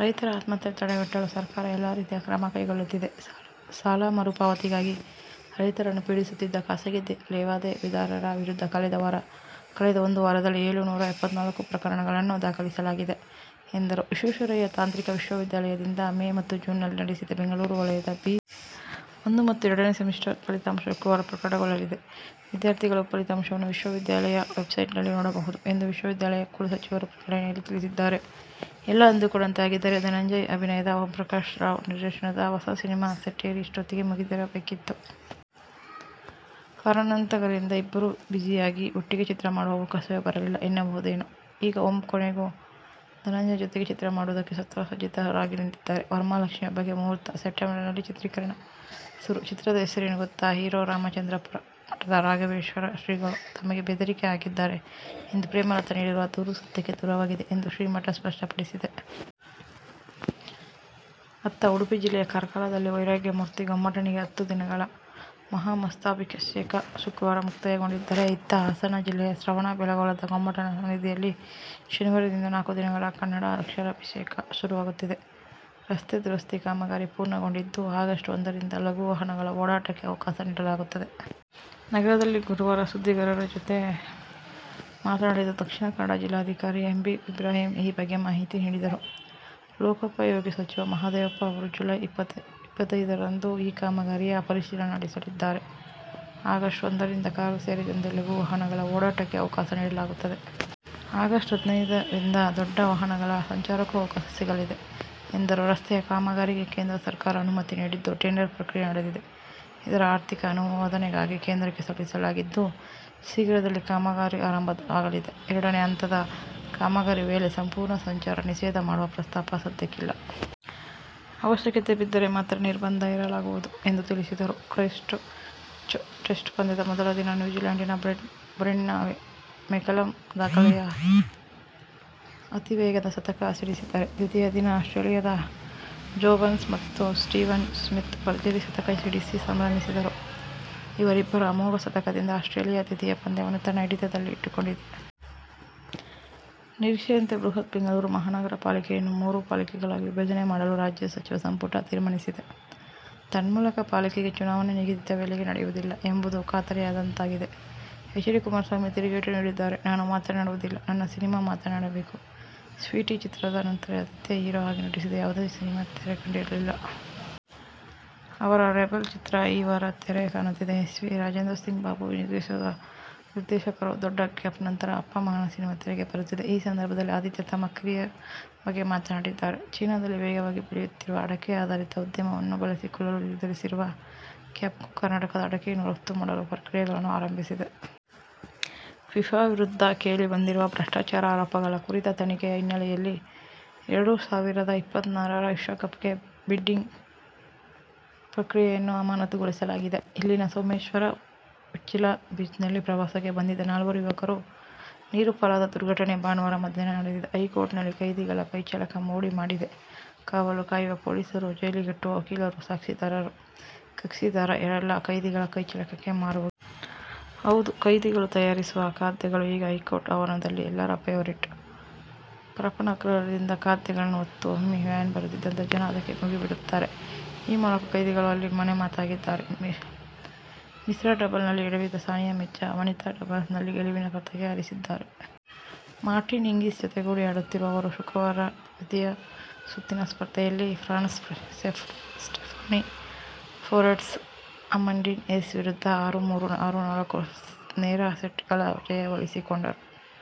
ರೈತರ ಆತ್ಮಹತ್ಯೆ ತಡೆಗಟ್ಟಲು ಸರ್ಕಾರ ಎಲ್ಲಾ ರೀತಿಯ ಕ್ರಮ ಕೈಗೊಳ್ಳುತ್ತಿದೆ. ಸಾಲ ಮರುಪಾವತಿಗಾಗಿ ರೈತರನ್ನು ಪೀಡಿಸುತ್ತಿದ್ದ ಖಾಸಗಿ ಲೇವಾದೇವಿದಾರರ ವಿರುದ್ಧ ಕಳೆದ ಒಂದು ವಾರದಲ್ಲಿ ಏಳು ನೂರ ಎಪ್ಪತ್ನಾಲ್ಕು ಪ್ರಕರಣಗಳನ್ನು ದಾಖಲಿಸಲಾಗಿದೆ ಎಂದರು. ವಿಶ್ವೇಶ್ವರಯ್ಯ ತಾಂತ್ರಿಕ ವಿಶ್ವ ವಿದ್ಯಾಲಯದಿಂದ ಮೇ ಮತ್ತು ಜೂನ್ದಲ್ಲಿ ನಡೆಸಿದ ಬೆಂಗಳೂರು ವಲಯದ ಬಿ. ಒಂದು ಮತ್ತು ಎರಡನೇ ಸೆಮಿಸ್ಟರ್ ಫಲಿತಾಂಶ ಶುಕ್ರವಾರ ಪ್ರಕಟಗೊಳ್ಳಲಿದೆ. ವಿದ್ಯಾರ್ಥಿಗಳು ಫಲಿತಾಂಶವನ್ನು ವಿಶ್ವ ವಿದ್ಯಾಲಯ ವೆಬ್ಸೈಟ್ ದಲ್ಲಿ ನೋಡಬಹುದು ಎಂದು ವಿಶ್ವ ವಿದ್ಯಾಲಯ ಕುಲಸಚಿವರು ಪ್ರಕಟಣೆಯಲ್ಲಿ ತಿಳಿಸಿದ್ದಾರೆ. ಎಲ್ಲಾ ಅಂದುಕೊಂಡಂತೆ ಆಗಿದ್ದರೆ ಧನಂಜಯ್ ಅಭಿನಯದ, ಓಂಪ್ರಕಾಶ್ ರಾವ್ ನಿರ್ದೇಶನದ ಹೊಸ ಸಿನಿಮಾ ಸೆಟ್ಟೇರಿ ಇಷ್ಟೊತ್ತಿಗೆ ಮುಗಿದಿರಬೇಕಿತ್ತು. ಕಾರಣಾಂತರಗಳಿಂದ ಇಬ್ಬರೂ ಬಿಝಿಯಾಗಿ, ಒಟ್ಟಿಗೆ ಚಿತ್ರ ಮಾಡುವ ಅವಕಾಶವೇ ಬರಲಿಲ್ಲ ಎನ್ನಬಹುದೇನೋ. ಈಗ ಓಂ ಕೊನೆಗೂ ಧನಂಜಯ್ ಜೊತೆಗೆ ಚಿತ್ರ ಮಾಡುವುದಕ್ಕೆ ಶಸ್ತ್ರಸಜ್ಜಿತರಾಗಿ ನಿಂತಿದ್ದಾರೆ. ವರಮಹಾಲಕ್ಷ್ಮೀ ಹಬ್ಬಕ್ಕೆ ಮುಹೂರ್ತ. ಸೆಪ್ಟೆಂಬರ್ನಲ್ಲಿ ಚಿತ್ರೀಕರಣ ಶುರು. ಚಿತ್ರದ ಹೆಸರೇನು ಗೊತ್ತಾ ಹೀರೋ. ರಾಮಚಂದ್ರಾಪುರ ಮಠದ ರಾಘವೇಶ್ವರ ಶ್ರೀಗಳು ತಮಗೆ ಬೆದರಿಕೆ ಹಾಕಿದ್ದಾರೆ ಎಂದು ಪ್ರೇಮಲತಾ ನೀಡಿರುವ ದೂರು ಸತ್ಯಕ್ಕೆ ದೂರವಾಗಿದೆ ಎಂದು ಶ್ರೀಮಠ ಸ್ಪಷ್ಟಪಡಿಸಿದೆ. ಅತ್ತ ಉಡುಪಿ ಜಿಲ್ಲೆಯ ಕಾರ್ಕಳದಲ್ಲಿ ವೈರಾಗ್ಯಮೂರ್ತಿ ಗೊಮ್ಮಟನಿಗೆ ಹತ್ತು ದಿನಗಳ "ಮಹಾಮಸ್ತಕಾಭಿಷೇಕ' ಶುಕ್ರವಾರ ಮುಕ್ತಾಯಗೊಂಡಿದ್ದರೆ, ಇತ್ತ ಹಾಸನ ಜಿಲ್ಲೆಯ ಶ್ರವಣ ಬೆಳಗೊಳದ ಗೊಮ್ಮಟನ ಸನ್ನಿಧಿಯಲ್ಲಿ ಶನಿವಾರದಿಂದ ನಾಲ್ಕು ದಿನಗಳ "ಕನ್ನಡ ಅಕ್ಷರಾಭಿಷೇಕ' ಶುರುವಾಗುತ್ತಿದೆ. ರಸ್ತೆ ದುರಸ್ತಿ ಕಾಮಗಾರಿ ಪೂರ್ಣಗೊಂಡಿದ್ದು, ಆಗಸ್ಟ್ ಒಂದರಿಂದ ಲಘು ವಾಹನಗಳ ಓಡಾಟಕ್ಕೆ ಅವಕಾಶ ನೀಡಲಾಗುತ್ತದೆ. ನಗರದಲ್ಲಿ ಗುರುವಾರ ಸುದ್ದಿಗಾರರ ಜತೆ ಮಾತನಾಡಿದ ದಕ್ಷಿಣ ಕನ್ನಡ ಜಿಲ್ಲಾಧಿಕಾರಿ ಎ. ಬಿ. ಇಬ್ರಾಹಿಂ ಈ ಬಗ್ಗೆ ಮಾಹಿತಿ ನೀಡಿದರು. ಲೋಕೋಪಯೋಗಿ ಸಚಿವ ಮಹಾದೇವಪ್ಪ ಅವರು ಜುಲೈ. ಇಪ್ಪತ್ತೈದರಂದು ಈ ಕಾಮಗಾರಿಯ ಪರಿಶೀಲನೆ ನಡೆಸಲಿದ್ದಾರೆ. ಆಗಸ್ಟ್ ಒಂದರಿಂದ ಕಾರು ಸೇರಿದಂತೆ ಲಘು ವಾಹನಗಳ ಓಡಾಟಕ್ಕೆ ಅವಕಾಶ ನೀಡಲಾಗುತ್ತದೆ. ಆಗಸ್ಟ್ ಹದಿನೈದರಿಂದ ದೊಡ್ಡ ವಾಹನಗಳ ಸಂಚಾರಕ್ಕೂ ಅವಕಾಶ ಸಿಗಲಿದೆ ಎಂದರು. ರಸ್ತೆಯ ಕಾಮಗಾರಿಗೆ ಕೇಂದ್ರ ಸರಕಾರ ಅನುಮತಿ ನೀಡಿದ್ದು, ಟೆಂಡರ್ ಪ್ರಕ್ರಿಯೆ ನಡೆದಿದೆ. ಇದರ ಆರ್ಥಿಕ ಅನುಮೋದನೆಗಾಗಿ ಕೇಂದ್ರಕ್ಕೆ ಸಲ್ಲಿಸಲಾಗಿದ್ದು, ಶೀಘ್ರದಲ್ಲಿ ಕಾಮಗಾರಿ ಆರಂಭವಾಗಲಿದೆ. ಎರಡನೇ ಹಂತದ ಕಾಮಗಾರಿ ವೇಳೆ ಸಂಪೂರ್ಣ ಸಂಚಾರ ನಿಷೇಧ ಮಾಡುವ ಪ್ರಸ್ತಾಪ ಸದ್ಯಕ್ಕೆ ಇಲ್ಲ. ಅವಶ್ಯಕತೆ ಬಿದ್ದರೆ ಮಾತ್ರ ನಿರ್ಬಂಧ ಹೇರಲಾಗುವುದು ಎಂದು ತಿಳಿಸಿದರು. ಕ್ರೈಸ್ಟ್ಚರ್ಚ್ ಟೆಸ್ಟ್ ಪಂದ್ಯದ ಮೊದಲ ದಿನ ನ್ಯೂಜಿಲ್ಯಾಂಡಿನ ಬ್ರೆಂಡನ್ ಮೆಕಲಮ್ ದಾಖಲೆಯ ಅತೀವೇಗದ ಶತಕ ಸಿಡಿಸಿದರೆ ದ್ವಿತೀಯ ದಿನ ಆಸ್ಟ್ರೇಲಿಯದ ಜೋ ಬರ್ನ್ಸ್ ಮತ್ತು ಸ್ಟೀವನ್ ಸ್ಮಿತ್ ಭರ್ಜರಿ ಶತಕ ಸಿಡಿಸಿ ಸಂಭ್ರಮಿಸಿದರು. ಇವರಿಬ್ಬರ ಅಮೋಘ ಶತಕದಿಂದ ಆಸ್ಟ್ರೇಲಿಯ ದ್ವಿತೀಯ ಪಂದ್ಯವನ್ನು ತನ್ನ ಹಿಡಿತದಲ್ಲಿ ಇಟ್ಟುಕೊಂಡಿದೆ. ನಿರೀಕ್ಷೆಯಂತೆ ಬೃಹತ್ ಬೆಂಗಳೂರು ಮಹಾನಗರ ಪಾಲಿಕೆ ಯನ್ನು ಮೂರು ಪಾಲಿಕೆಗಳಾಗಿ ವಿಭಜನೆ ಮಾಡಲು ರಾಜ್ಯ ಸಚಿವ ಸಂಪುಟ ತೀರ್ಮಾನಿಸಿದೆ. ತನ್ಮೂಲಕ ಪಾಲಿಕೆಗೆ ಚುನಾವಣೆ ನಿಗದಿತ ವೇಳೆಗೆ ನಡೆಯುವುದಿಲ್ಲ ಎಂಬುದು ಖಾತರಿಯಾದಂತಾಗಿದೆ. ಹೆಚ್. ಡಿ. ಕುಮಾರಸ್ವಾಮಿ ತಿರುಗೇಟು ನೀಡಿದ್ದಾರೆ. ನಾನು ಮಾತಾಡುವುದಿಲ್ಲ, ನನ್ನ ಸಿನಿಮಾ ಮಾತಾಡಬೇಕು, "ಸ್ವೀಟಿ' ಚಿತ್ರದ ನಂತರ ಆದಿತ್ಯ ಹೀರೋ ಆಗಿ ನಟಿಸಿದ ಯಾವುದೇ ಸಿನಿಮಾ ತೆರೆಕಂಡಿರಲಿಲ್ಲ. ಅವರ "ರೆಬೆಲ್' ಚಿತ್ರ ಈ ವಾರ ತೆರೆ ಕಾಣುತ್ತಿದೆ. ಎಸ್. ವಿ. ರಾಜೆಂದ್ರಸಿಂಗ್ ಬಾಬು ಈ ಚಿತ್ರದ ನಿರ್ದೇಶಕರು. ದೊಡ್ಡ ಗ್ಯಾಪ್ನ ನಂತರ ಅಪ್ಪ-ಮಗನ ಸಿನಿಮಾ ತೆರೆಗೆ ಬರುತ್ತಿದೆ. ಈ ಸಂದರ್ಭದಲ್ಲಿ ಆದಿತ್ಯ ತಮ್ಮ ಕೆರಿಯರ್ ಬಗ್ಗೆ ಮಾತನಾಡಿದ್ದಾರೆ. ಚೀನಾದಲ್ಲಿ ವೇಗವಾಗಿ ಬೆಳೆಯುತ್ತಿರುವ ಅಡಕೆ ಆಧಾರಿತ ಉದ್ಯಮವನ್ನು ಬಳಸಿಕೊಳ್ಳಲು ನಿರ್ಧರಿಸಿರುವ ಕ್ಯಾಂಪ್ಕೋ, ಕರ್ನಾಟಕದ ಅಡಕೆಯನ್ನು ರಫ್ತು ಮಾಡಲು ಪ್ರಕ್ರಿಯೆಗಳನ್ನು ಆರಂಭಿಸಿದೆ. ಫಿಫಾ ವಿರುದ್ಧ ಕೇಳಿಬಂದಿರುವ ಭ್ರಷ್ಟಾಚಾರ ಆರೋಪಗಳ ಕುರಿತ ತನಿಖೆಯ ಹಿನ್ನೆಲೆಯಲ್ಲಿ ಎರಡು ಸಾವಿರದ ಇಪ್ಪತ್ತಾರರ ವಿಶ್ವಕಪ್ಗೆ ಬಿಡ್ಡಿಂಗ್ ಪ್ರಕ್ರಿಯೆಯನ್ನು ಅಮಾನತುಗೊಳಿಸಲಾಗಿದೆ. ಇಲ್ಲಿನ ಸೋಮೆಶ್ವರ-ಉಚ್ಚಿಲ ಬೀಚ್ನಲ್ಲಿ ಪ್ರಾವಸಕ್ಕೆ ಬಂದಿದ್ದ ನಾಲ್ವರು ಯುವಕರು ನೀರುಪಾಲದ ದುರ್ಘಟನೆ ಭಾನುವಾರ ಮಧ್ಯಾಹ್ನ ನಡೆದಿದೆ. ಹೈಕೋರ್ಟ್ನಲ್ಲಿ ಕೈದಿಗಳ ಕೈಚಳಕ ಮೋಡಿ ಮಾಡಿದೆ. ಕಾವಲು ಕಾಯುವ ಪೊಲೀಸರು, ಜೈಲಿಗಟ್ಟುವ ವಕೀಲರು, ಸಾಕ್ಷಿದಾರರು, ಕಕ್ಷಿದಾರ ರೆಲ್ಲಾ ಕೈದಿಗಳ ಕೈಚಳಕಕ್ಕೆ ಮಾರುಹೋಗಿದ್ದಾರೆ. ಹೌದು, ಕೈದಿಗಳು ತಯಾರಿಸುವ ಖಾದ್ಯಗಳು ಈಗ ಹೈಕೋರ್ಟ್ ಆವರಣದಲ್ಲಿ ಎಲ್ಲರ ಫೆವರಿಟ್'. ಪರಪ್ಪನ ಅಗ್ರಹಾರದಿಂದ ಖಾದ್ಯಗಳನ್ನು ಹೊತ್ತ ಓಮ್ನಿ ವ್ಯಾನ್ ಬರುತ್ತಿದ್ದಂತೆ ಜನ ಅದಕ್ಕೆ ಮುಗಿಬೀಳುತ್ತಾರೆ. ಈ ಮೂಲಕ ಕೈದಿಗಳು ಅಲ್ಲಿ ಮನೆಮಾತಾಗಿದ್ದಾರೆ. ಮಿಶ್ರ ಡಬಲ್ಸ್ನಲ್ಲಿ ಎಡವಿದ ಸಾನಿಯಾ ಮಿರ್ಜಾ ವನಿತಾ ಡಬಲ್ಸ್ನಲ್ಲಿ ಗೆಲುವಿನ ಪತಾಕೆ ಹಾರಿಸಿದ್ದಾರೆ. ಮಾರ್ಟಿನಾ ಹಿಂಗಿಸ್ ಜತೆಗೂಡಿ ಆಡುತ್ತಿರುವ ಅವರು ಶುಕ್ರವಾರದ ದ್ವಿತೀಯ ಸುತ್ತಿನ ಸ್ಪರ್ಧೆಯಲ್ಲಿ ಫ್ರಾನ್ಸ್ನ ಸ್ಟೆಫಾನಿ ಫೊರೆಟ್ಜ್-ಅಮಂಡೀನ್ ಹೆಸ್ ವಿರುದ್ಧ ಆರು-ಮೂರು, ಆರು-ನಾಲ್ಕು ನೇರ ಸೆಟ್ಗಳ ಜಯ ಒಲಿಸಿಕೊಂಡರು.